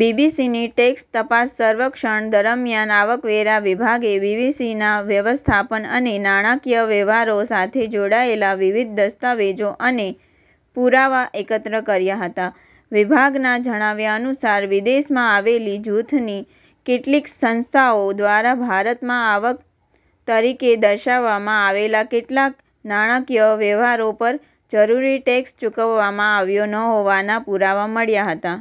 બીબીસીની tax તપાસ સર્વેક્ષણ દરમિયાન આવકવેરા વિભાગે બીબીસીના વ્યવસ્થાપન અને નાણાકીય વ્યવહારો સાથે જોડાયેલા વિવિધ દસ્તાવેજો અને પુરાવા એકત્ર કર્યા હતા. વિભાગના જણાવ્યા અનુસાર, વિદેશમાં આવેલી જૂથની કેટલીક સંસ્થાઓ દ્વારા ભારતમાં આવક તરીકે દર્શાવવામાં આવેલા કેટલાક નાણાકીય વ્યવહારો પર જરૂરી ટેક્સ ચૂકવવામાં આવ્યો ન હોવાના પુરાવા મળ્યા હતા.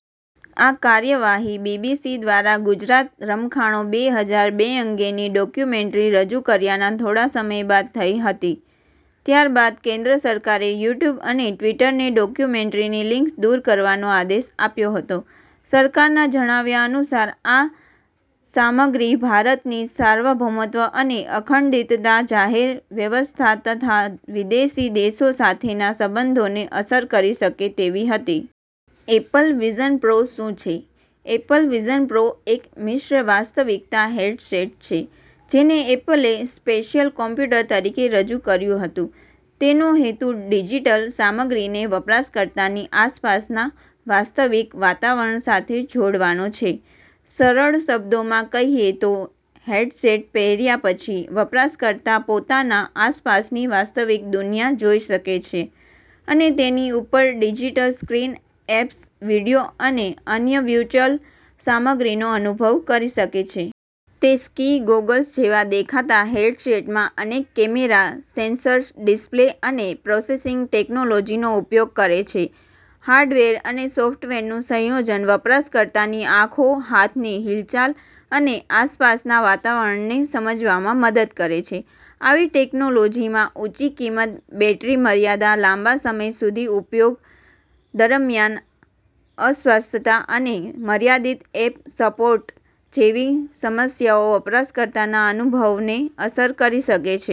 આ કાર્યવાહી બીબીસી દ્વારા ગુજરાત રમખાણો, બે હજાર બે અંગેની ડોક્યુમેન્ટ્રી રજૂ કર્યાના થોડા સમય બાદ થઈ હતી. ત્યારબાદ કેન્દ્ર સરકારે યુટ્યુબ અને ટ્વિટરને ડોક્યુમેન્ટ્રીની લિંક્સ દૂર કરવાનો આદેશ આપ્યો હતો. સરકારના જણાવ્યા અનુસાર, આ સામગ્રી ભારતની સાર્વભૌમત્વ અને અખંડિતતા, જાહેર વ્યવસ્થા તથા વિદેશી દેશો સાથેના સંબંધોને અસર કરી શકે તેવી હતી. એપલ વિઝન પ્રો શું છે? એપલ વિઝન પ્રો એક મિશ્ર-વાસ્તવિકતા હેડસેટ છે, જેને એપલે “સ્પેશિયલ કમ્પ્યુટર” તરીકે રજૂ કર્યું હતું. તેનો હેતુ ડિજિટલ સામગ્રીને વપરાશકર્તાની આસપાસના વાસ્તવિક વાતાવરણ સાથે જોડવાનો છે. સરળ શબ્દોમાં કહીએ તો, હેડસેટ પહેર્યા પછી વપરાશકર્તા પોતાના આસપાસની વાસ્તવિક દુનિયા જોઈ શકે છે અને તેની ઉપર ડિજિટલ સ્ક્રીન, એપ્સ, વીડિયો અને અન્ય વર્ચ્યુઅલ સામગ્રીનો અનુભવ કરી શકે છે. તે સ્કી ગોગલ્સ જેવા દેખાતા હેડસેટમાં અનેક કેમેરા, સેન્સર્સ, ડિસ્પ્લે અને પ્રોસેસિંગ ટેક્નોલોજીનો ઉપયોગ કરે છે. હાર્ડવેર અને સોફ્ટવેરનું સંયોજન વપરાશકર્તાની આંખો, હાથની હિલચાલ અને આસપાસના વાતાવરણને સમજવામાં મદદ કરે છે. આવી ટેક્નોલોજીમાં ઊંચી કિંમત, બેટરી મર્યાદા, લાંબા સમય સુધી ઉપયોગ દરમિયાન અસ્વસ્થતા અને મર્યાદિત એપ સપોર્ટ જેવી સમસ્યાઓ વપરાશકર્તાના અનુભવને અસર કરી શકે છે.